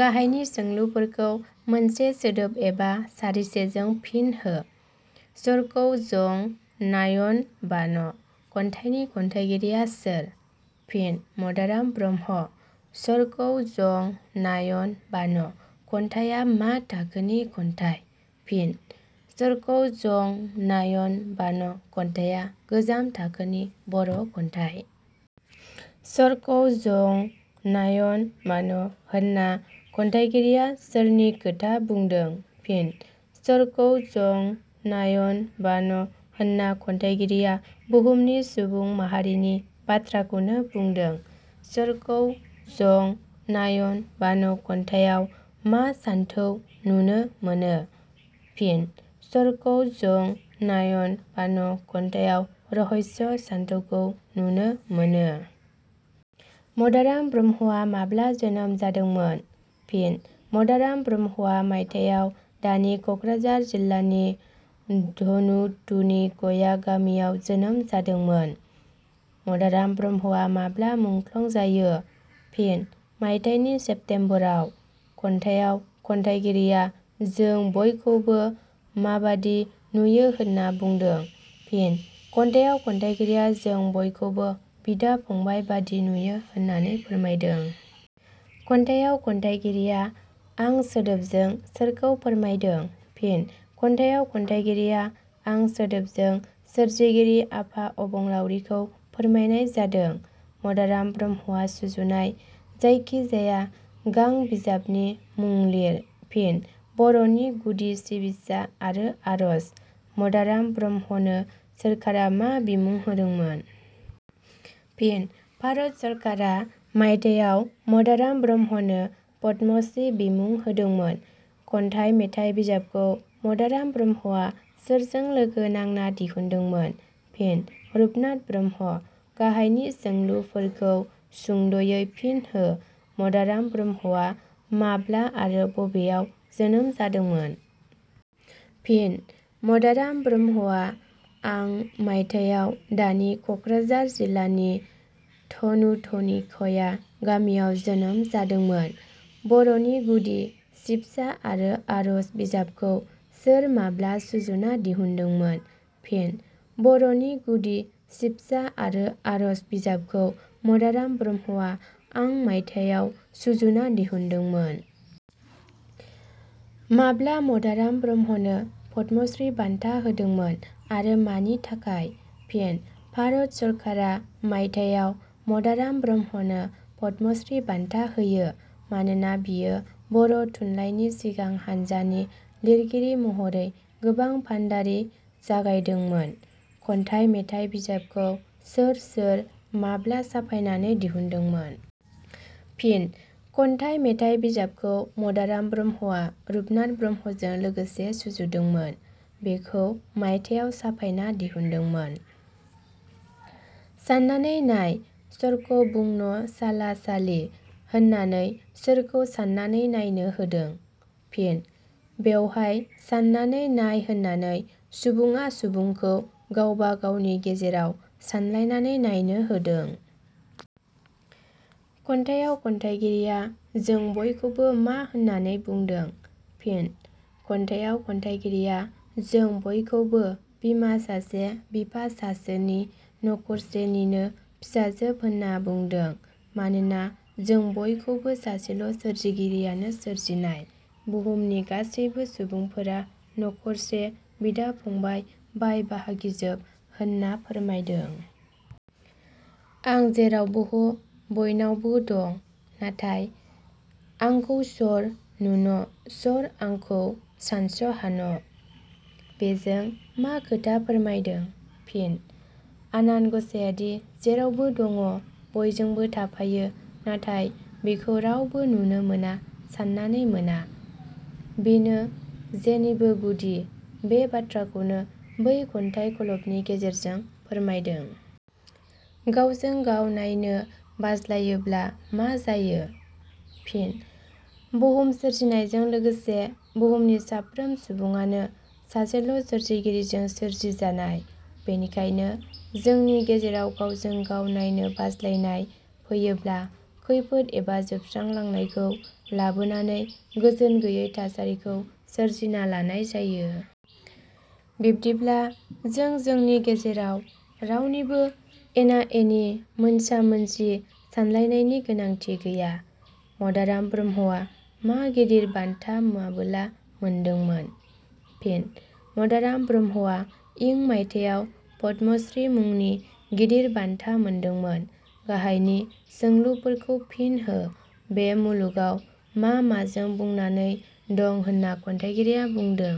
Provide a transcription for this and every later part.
गाहायनि सोंलुफोरखौ मोनसे सोदोब एबा सारिसेजों फिन हो 'छरखौ जं नाइन बान' खन्थाइनि खन्थाइगिरिया सोर? फिनः मदाराम ब्रह्म। 'छरखौ जं नाइन बान' खन्थाइया मा थाखोनि खन्थाइ? फिनः 'छरखौ जं नाइन बान' खन्थाइया गोजाम थाखोनि बर' खन्थाइ। 'छरखौ जं नाइन बान' होनना खन्थाइगिरिया सोरनि खोथा बुंदों? फिन: 'छरखौ जं नाइन बान' होनना खन्थाइगिरिया बुहुमनि सुबुं माहारिनि बाथ्राखौनो बुंदों। 'छरखौ जं नाइन बान' खन्थाइयाव मा सानथौ नुनो मोनो? फिनः' छरखौ जं नाइन बान' खन्थाइयाव रहस्य सानथौ नुनो मोनो। मदाराम ब्रह्मआ माब्ला जोनोम जादोंमोन? फिनः मदाराम ब्रह्मआ मायथाइयाव दानि कक्राझार जिलानि धनुधुनिखया गामियाव जोनोम जादोंमोन। मदाराम ब्रह्मआ माब्ला मुख्लं जायो? फिनः मायथाइनि सेप्तेम्बराव। खन्थाइयाव खन्थाइगिरिया जों बयखौबो माबादि नुयो होनना बुंदों? फिनः खन्थाइयाव खन्थाइगिरिया जों बयखौबो बिदा-फंबाइ बादि नुयो होननानै फोरमायदों। खन्थाइयाव खन्थाइगिरिया 'आं' सोदोबजों सोरखौ फोरमायदों? फिनः खन्थाइयाव खन्थाइगिरिया 'आं' सोदोबजों सोरजिगिरि आफा अबंलावरिखौ फोरमायनाय जादों। मदाराम ब्रह्मआ सुजुनाय जायखि जाया गां बिजाबनि मुं लिर। फिनः बर 'नि गुदि सिबसा आरो आरज। मदाराम ब्रह्मनो सोरखारा मा बिमुं होदोंमोन? फिनः भारत सरकारा मायथाइयाव मदाराम ब्रह्मनो 'पद्मृ श्री' बिमुं होदोंमोन। खन्थाइ मेथाइ बिजाबखौ मदाराम ब्रह्मआ सोरजों लोगो नांना दिहुनदोंमोन? फिनः रुपनाथ ब्रह्म गाहायनि सोंलुफोरखौ सुंदयै फिन हो मदाराम ब्रह्मआ माब्ला आरो बबेयाव जोनोम जादोंमोन? फिनः मदाराम ब्रह्मआ आं मायथाइयाव दानि कक्राझार जिलानि धनुधुनिखया गामियाव जोनोम जादोंमोन। "बर'नि गुदि सिबसा आरो आरज" बिजाबखौ सोर माब्ला सुजुना दिहुनदोंमोन? फिनः 'बर'नि गुदि सिबसा आरो आरज' बिजाबखौ मदाराम ब्रह्मआ आं मायथाइयाव सुजुना दिहुनदोंमोन। माब्ला मदाराम ब्रह्मनो पद् मश्रीबान्था होदोंमोन आरो मानि थाखाय? फिनः भारत सरकारा मायथाइयाव मदाराम ब्रह्मनो 'पद्मस्रि' बान्था होयो। मानोना बियो बर' थुनलाइनि सिगां हान्जानि लिरगिरि महरै गोबां भान्दारि जागायदोंमोन। 'खन्थाइ-मेथाइ' बिजाबखौ सोर-सोर, माब्ला साफायनानै दिहुनदोंमोन? फिनः 'खन्थाइ-मेथाइ' बिजाबखौ मदाराम ब्रह्मआ रुपनाथ ब्रह्मजों लोगोसे सुजुदोंमोन। बेखौ मायथाइयाव साफायना दिहुनदोंमोन। 'साननानै नाय सरखौ बुंन साला सालि' होननानै सोरखौ साननानै नायनो होदों? फिनः बेवहाय 'साननानै नाय' होननानै सुबुङा सुबुंखौ गावबा-गावनि गेजेराव सानलायनानै नायनो होदों। खन्थाइयाव खन्थाइगिरिया जों बयखौबो मा होननानै बुंदों? फिनः खन्थाइयाव खन्थाइगिरिया जों बयखौबो बिमा सासे बिफा सासोनि नखरसेनिनो फिसाजोब होनना बुंदों। मानोना जों बयखौबो सासेल' सोरजिगिरियानो सोरजिनाय बुहुमनि गासैबो सुबुंफोरा नखरसे बिदा- फंबाइ, बाय-बाहागिजोब होनना फोरमायदों। "आं जेरावबह' बइनावब' दं, नाथाय आंखौ सर नुन सर आंखौ सानस' हान? " बेजों मा खोथा फोरमायदों। फिनः आनान गसाइयादि जेरावबो दङ', बयजोंबो थाफायो नाथाय बिखौ रावबो नुनो मोना, साननानै मोना। बिनो जेनिबो गुदि, बे बाथ्राखौनो बै खन्थाइ खलबनि गेजेरजों फोरमायदों। गावजों गाव नायनो बाज्लायोब्ला मा जायो? फिनः बुहुम सोरजिनायजों लोगोसे बुहुमनि साफ्रोम सुबुङानो सासेल' सोरजिगिरिजों सोरजिजानाय। बेनिखायनो जोंनि गेजेराव गावजों गाव नायनो बाज्लायनाय फैयोब्ला खैफोद एबा जोबस्रांलांनायखौ लाबोनानै गोजोन गैयै थासारिखौ सोरजिना लानाय जायो। बिब्दिब्ला जों जोंनि गेजेराव रावनिबो एना- एनि मोनसा-मोनसि सानलायनायनि गोनांथि गैया। मदाराम ब्रह्मआ मा गिदिर बान्था माबोला मोनदोंमोन? फिनः मदाराम ब्रह्मआ इं माइथायाव पद्मस्रि मुनि गिदिर बान्धा मोन्दोंमोन। गाहायनि सोंलुफोरखौ फिन हो बे मुलुगाव मा माजों बुंनानै दं होनना खन्थाइगिरिया बुंदों?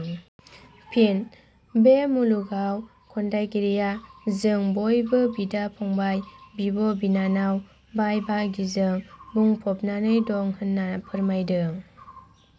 फिनः बे मुलुगाव खन्थाइगिरिया जों बयबो बिदा-फंबाइ, बिब'-बिनानाव, बाय-बाहागिजों बुंफबनानै दं होनना फोरमायदों।